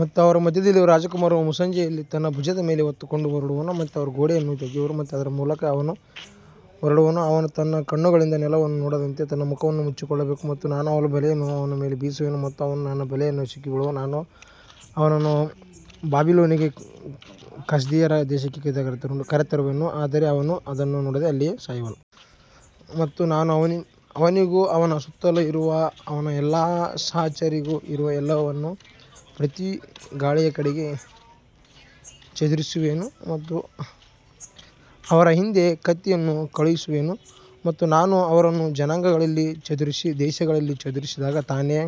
ಮತ್ತು ಅವರ ಮಧ್ಯದಲ್ಲಿರುವ ರಾಜಕುಮಾರನು ಮುಸ್ಸಂಜೆಯಲ್ಲಿ ತನ್ನ ಭುಜದ ಮೇಲೆ ಹೊತ್ತುಕೊಂಡು ಹೊರಡುವನು, ಅವರು ಗೋಡೆಯನ್ನು ಅಗೆಯುವರು ಮತ್ತು ಅದರ ಮೂಲಕ ಅವನು ಹೊರಡುವನು. ಅವನು ತನ್ನ ಕಣ್ಣುಗಳಿಂದ ನೆಲವನ್ನು ನೋಡದಂತೆ ತನ್ನ ಮುಖವನ್ನು ಮುಚ್ಚಿಕೊಳ್ಳಬೇಕು. ಮತ್ತು ನಾನು ನನ್ನ ಬಲೆಯನ್ನು ಅವನ ಮೇಲೆ ಬೀಸುವೆನು ಮತ್ತು ಅವನು ನನ್ನ ಬಲೆಯಲ್ಲಿ ಸಿಕ್ಕಿಬೀಳುವನು ಮತ್ತು ನಾನು ಅವನನ್ನು ಬಾಬಿಲೋನಿಗೆ ಕಸ್ದೀಯರ ದೇಶಕ್ಕೆ ಕರೆತರುವೆನು, ಆದರೆ ಅವನು ಅದನ್ನು ನೋಡದೆ ಅಲ್ಲಿಯೇ ಸಾಯುವನು. ಮತ್ತು ನಾನು ಅವನಿಗೂ ಅವನ ಸುತ್ತಲೂ ಇರುವ ಅವನ ಎಲ್ಲಾ ಸಹಚರರಿಗೂ ಇರುವ ಎಲ್ಲವನ್ನೂ ಪ್ರತಿ ಗಾಳಿಯ ಕಡೆಗೆ ಚದುರಿಸುವೆನು ಮತ್ತು ಅವರ ಹಿಂದೆ ಕತ್ತಿಯನ್ನು ಕಳುಹಿಸುವೆನು. ಮತ್ತು ನಾನು ಅವರನ್ನು ಜನಾಂಗಗಳಲ್ಲಿ ಚದರಿಸಿ ದೇಶಗಳಲ್ಲಿ ಚದುರಿಸಿದಾಗ ನಾನೇ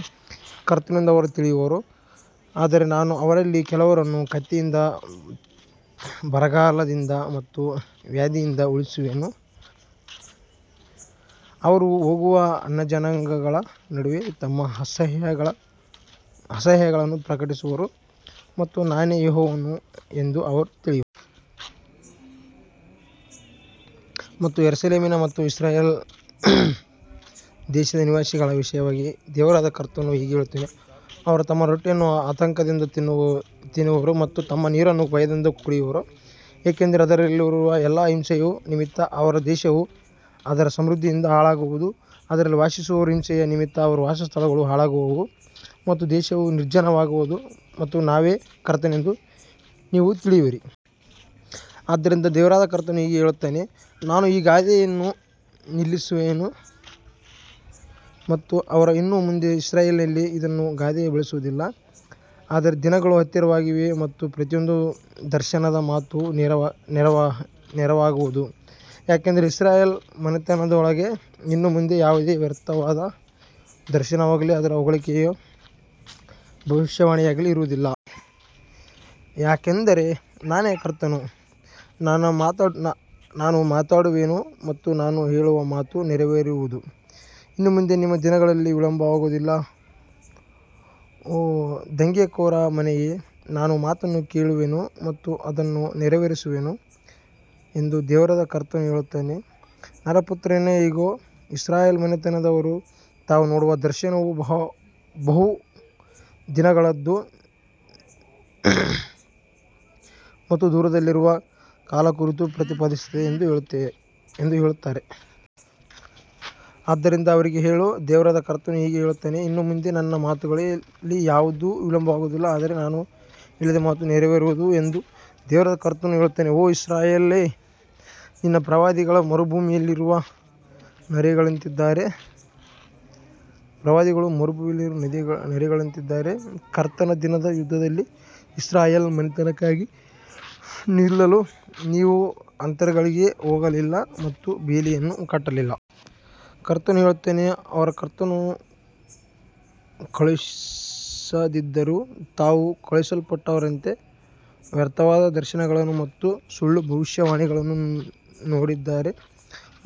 ಕರ್ತನೆಂದು ಅವರು ತಿಳಿಯುವರು. ಆದರೆ ನಾನು ಅವರಲ್ಲಿ ಕೆಲವರನ್ನು ಕತ್ತಿಯಿಂದ, ಬರಗಾಲದಿಂದ ಮತ್ತು ವ್ಯಾಧಿಯಿಂದ ಉಳಿಸುವೆನು, ಅವರು ಹೋಗುವ ಅನ್ಯಜನಾಂಗಗಳ ನಡುವೆ ತಮ್ಮ ಅಸಹ್ಯಗಳನ್ನು ಪ್ರಕಟಿಸುವರು ಮತ್ತು ನಾನೇ ಯೆಹೋವನು ಎಂದು ಅವರು ತಿಳಿಯುವರು. ಮತ್ತು ಯೆರೂಸಲೇಮಿನ ಮತ್ತು ಇಸ್ರಾಯೇಲ್ ದೇಶದ ನಿವಾಸಿಗಳ ವಿಷಯವಾಗಿ ದೇವರಾದ ಕರ್ತನು ಹೀಗೆ ಹೇಳುತ್ತಾನೆ, ಅವರು ತಮ್ಮ ರೊಟ್ಟಿಯನ್ನು ಆತಂಕದಿಂದ ತಿನ್ನುವರು ಮತ್ತು ತಮ್ಮ ನೀರನ್ನು ಭಯದಿಂದ ಕುಡಿಯುವರು, ಏಕೆಂದರೆ ಅದರಲ್ಲಿರುವ ಎಲ್ಲರ ಹಿಂಸೆಯ ನಿಮಿತ್ತ ಅವರ ದೇಶವು ಅದರ ಸಮೃದ್ಧಿಯಿಂದ ಹಾಳಾಗುವುದು. ಅದರಲ್ಲಿ ವಾಸಿಸುವವರ ಹಿಂಸೆಯ ನಿಮಿತ್ತ ಅದರ ವಾಸಸ್ಥಳಗಳು ಹಾಳಾಗುವವು ಮತ್ತು ದೇಶವು ನಿರ್ಜನವಾಗುವುದು ಮತ್ತು ನಾನೇ ಕರ್ತನೆಂದು ನೀವು ತಿಳಿಯುವಿರಿ. ಆದ್ದರಿಂದ ದೇವರಾದ ಕರ್ತನು ಹೀಗೆ ಹೇಳುತ್ತಾನೆ, ನಾನು ಈ ಗಾದೆಯನ್ನು ನಿಲ್ಲಿಸುವೆನು ಮತ್ತು ಅವರು ಇನ್ನು ಮುಂದೆ ಇಸ್ರಾಯೇಲಿನಲ್ಲಿ ಇದನ್ನು ಗಾದೆಯಾಗಿ ಬಳಸುವುದಿಲ್ಲ. ಆದರೆ ದಿನಗಳು ಹತ್ತಿರವಾಗಿವೆ ಮತ್ತು ಪ್ರತಿಯೊಂದು ದರ್ಶನದ ಮಾತು ನೆರವೇರುವುದು. ಯಾಕಂದರೆ ಇಸ್ರಾಯೇಲ್ ಮನೆತನದೊಳಗೆ ಇನ್ನು ಮುಂದೆ ಯಾವುದೇ ವ್ಯರ್ಥವಾದ ದರ್ಶನವಾಗಲಿ ಅಥವಾ ಹೊಗಳಿಕೆಯ ಭವಿಷ್ಯವಾಣಿಯಾಗಲಿ ಇರುವುದಿಲ್ಲ. ಯಾಕಂದರೆ ನಾನೇ ಕರ್ತನು, ನಾನು ಮಾತನಾಡುವೆನು ಮತ್ತು ನಾನು ಹೇಳುವ ಮಾತು ನೆರವೇರುವುದು. ಇನ್ನು ಮುಂದೆ ನಿಮ್ಮ ದಿನಗಳಲ್ಲಿ ವಿಳಂಬವಾಗುವುದಿಲ್ಲ, ಓ ದಂಗೆಕೋರ ಮನೆಯೇ, ನಾನು ಮಾತನ್ನು ಹೇಳುವೆನು ಮತ್ತು ಅದನ್ನು ನೆರವೇರಿಸುವೆನು ಎಂದು ದೇವರಾದ ಕರ್ತನು ಹೇಳುತ್ತಾನೆ. ನರಪುತ್ರನೇ, ಇಗೋ, ಇಸ್ರಾಯೇಲ್ ಮನೆತನದವರು, ತಾವು ನೋಡುವ ದರ್ಶನವು ಬಹುದಿನಗಳದ್ದು ಮತ್ತು ದೂರದಲ್ಲಿರುವ ಕಾಲಗಳ ಕುರಿತು ಪ್ರವಾದಿಸುತ್ತಾನೆ ಎಂದು ಹೇಳುತ್ತಾರೆ. ಆದ್ದರಿಂದ ಅವರಿಗೆ ಹೇಳು, ದೇವರಾದ ಕರ್ತನು ಹೀಗೆ ಹೇಳುತ್ತಾನೆ, ಇನ್ನು ಮುಂದೆ ನನ್ನ ಮಾತುಗಳಲ್ಲಿ ಯಾವುದೂ ವಿಳಂಬವಾಗುವುದಿಲ್ಲ, ಆದರೆ ನಾನು ಹೇಳಿದ ಮಾತು ನೆರವೇರುವುದು ಎಂದು ದೇವರಾದ ಕರ್ತನು ಹೇಳುತ್ತಾನೆ. ಓ ಇಸ್ರಾಯೇಲೇ, ನಿನ್ನ ಪ್ರವಾದಿಗಳು ಮರುಭೂಮಿಯಲ್ಲಿರುವ ನರಿಗಳಂತಿದ್ದಾರೆ. ಕರ್ತನ ದಿನದ ಯುದ್ಧದಲ್ಲಿ ಇಸ್ರಾಯೇಲ್ ಮನೆತನಕ್ಕಾಗಿ ನಿಲ್ಲಲು ನೀವು ಅಂತರಗಳಿಗೆ ಹೋಗಲಿಲ್ಲ ಮತ್ತು ಬೇಲಿಯನ್ನು ಕಟ್ಟಲಿಲ್ಲ. ಕರ್ತನು ಹೇಳುತ್ತಾನೆ, ಅವರು ಕರ್ತನು ಕಳುಹಿಸದಿದ್ದರೂ ತಾವು ಕಳುಹಿಸಲ್ಪಟ್ಟವರಂತೆ ವ್ಯರ್ಥವಾದ ದರ್ಶನಗಳನ್ನು ಮತ್ತು ಸುಳ್ಳು ಭವಿಷ್ಯವಾಣಿಗಳನ್ನು ನೋಡಿದ್ದಾರೆ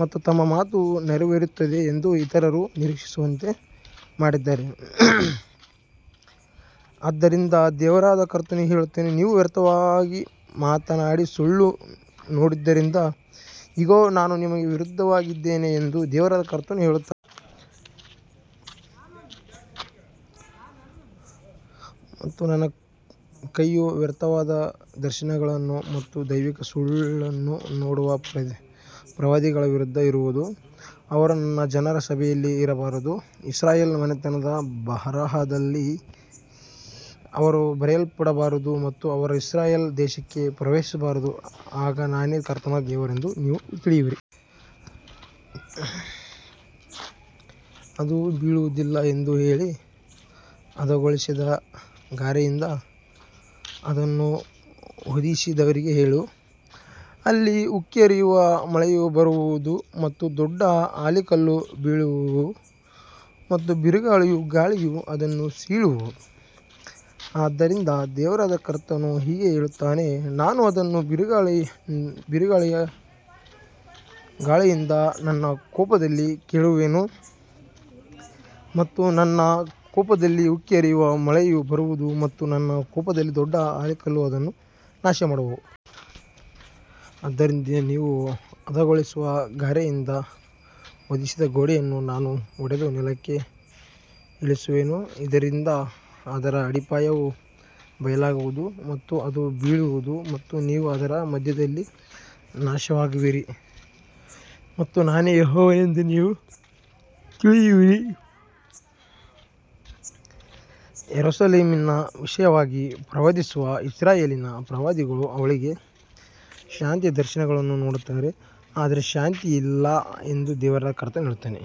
ಮತ್ತು ತಮ್ಮ ಮಾತು ನೆರವೇರುತ್ತದೆ ಎಂದು ಇತರರು ನಿರೀಕ್ಷಿಸುವಂತೆ ಮಾಡಿದ್ದಾರೆ. ಆದ್ದರಿಂದ ದೇವರಾದ ಕರ್ತನು ಹೀಗೆ ಹೇಳುತ್ತಾನೆ, ನೀವು ವ್ಯರ್ಥವಾಗಿ ಮಾತನಾಡಿ ಸುಳ್ಳನ್ನು ನೋಡಿದ್ದರಿಂದ, ಇಗೋ, ನಾನು ನಿಮಗೆ ವಿರುದ್ಧವಾಗಿದ್ದೇನೆ ಎಂದು ದೇವರಾದ ಕರ್ತನು ಹೇಳುತ್ತಾನೆ. ಮತ್ತು ನನ್ನ ಕೈಯು ವ್ಯರ್ಥವಾದ ದರ್ಶನಗಳನ್ನು ಮತ್ತು ದೈವಿಕ ಸುಳ್ಳನ್ನು ನೋಡುವ ಪ್ರವಾದಿಗಳ ವಿರುದ್ಧ ಇರುವುದು. ಅವರು ನನ್ನ ಜನರ ಸಭೆಯಲ್ಲಿ ಇರಬಾರದು, ಇಸ್ರಾಯೇಲ್ ಮನೆತನದ ಬರಹದಲ್ಲಿ ಅವರು ಬರೆಯಲ್ಪಡಬಾರದು ಮತ್ತು ಅವರು ಇಸ್ರಾಯೇಲ್ ದೇಶಕ್ಕೆ ಪ್ರವೇಶಿಸಬಾರದು. ಆಗ ನಾನೇ ಕರ್ತನಾದ ದೇವರೆಂದು ನೀವು ತಿಳಿಯುವಿರಿ. ಅದು ಬೀಳುವುದಿಲ್ಲ ಎಂದು ಹೇಳಿ ಹದಗೊಳಿಸದ ಗಾರೆಯಿಂದ ಅದನ್ನು ಹೊದಿಸಿದವರಿಗೆ ಹೇಳು, ಅಲ್ಲಿ ಉಕ್ಕಿ ಹರಿಯುವ ಮಳೆಯು ಬರುವುದು ಮತ್ತು ದೊಡ್ಡ ಆಲಿಕಲ್ಲುಗಳು ಬೀಳುವವು ಮತ್ತು ಬಿರುಗಾಳಿಯ ಗಾಳಿಯು ಅದನ್ನು ಸೀಳುವುದು. ಆದ್ದರಿಂದ ದೇವರಾದ ಕರ್ತನು ಹೀಗೆ ಹೇಳುತ್ತಾನೆ, ನಾನು ಅದನ್ನು ಬಿರುಗಾಳಿಯ ಗಾಳಿಯಿಂದ ನನ್ನ ಕೋಪದಲ್ಲಿ ಕೆಡವುವೆನು ಮತ್ತು ನನ್ನ ಕೋಪದಲ್ಲಿ ಉಕ್ಕಿ ಹರಿಯುವ ಮಳೆಯು ಬರುವುದು ಮತ್ತು ನನ್ನ ಕೋಪದಲ್ಲಿ ದೊಡ್ಡ ಆಲಿಕಲ್ಲುಗಳು ಅದನ್ನು ನಾಶಮಾಡುವವು. ಆದ್ದರಿಂದ ನೀವು ಹದಗೊಳಿಸದ ಗಾರೆಯಿಂದ ಹೊದಿಸಿದ ಗೋಡೆಯನ್ನು ನಾನು ಒಡೆದು ನೆಲಕ್ಕೆ ಇಳಿಸುವೆನು, ಇದರಿಂದ ಅದರ ಅಡಿಪಾಯವು ಬಯಲಾಗುವುದು ಮತ್ತು ಅದು ಬೀಳುವುದು ಮತ್ತು ನೀವು ಅದರ ಮಧ್ಯದಲ್ಲಿ ನಾಶವಾಗುವಿರಿ ಮತ್ತು ನಾನೇ ಯೆಹೋವನೆಂದು ನೀವು ತಿಳಿಯುವಿರಿ. ಯೆರೂಸಲೇಮಿನ ವಿಷಯವಾಗಿ ಪ್ರವಾದಿಸುವ ಇಸ್ರಾಯೇಲಿನ ಪ್ರವಾದಿಗಳು ಅವಳಿಗೆ ಶಾಂತಿಯ ದರ್ಶನಗಳನ್ನು ನೋಡುತ್ತಾರೆ, ಆದರೆ ಶಾಂತಿಯಿಲ್ಲ ಎಂದು ದೇವರಾದ ಕರ್ತನು ಹೇಳುತ್ತಾನೆ.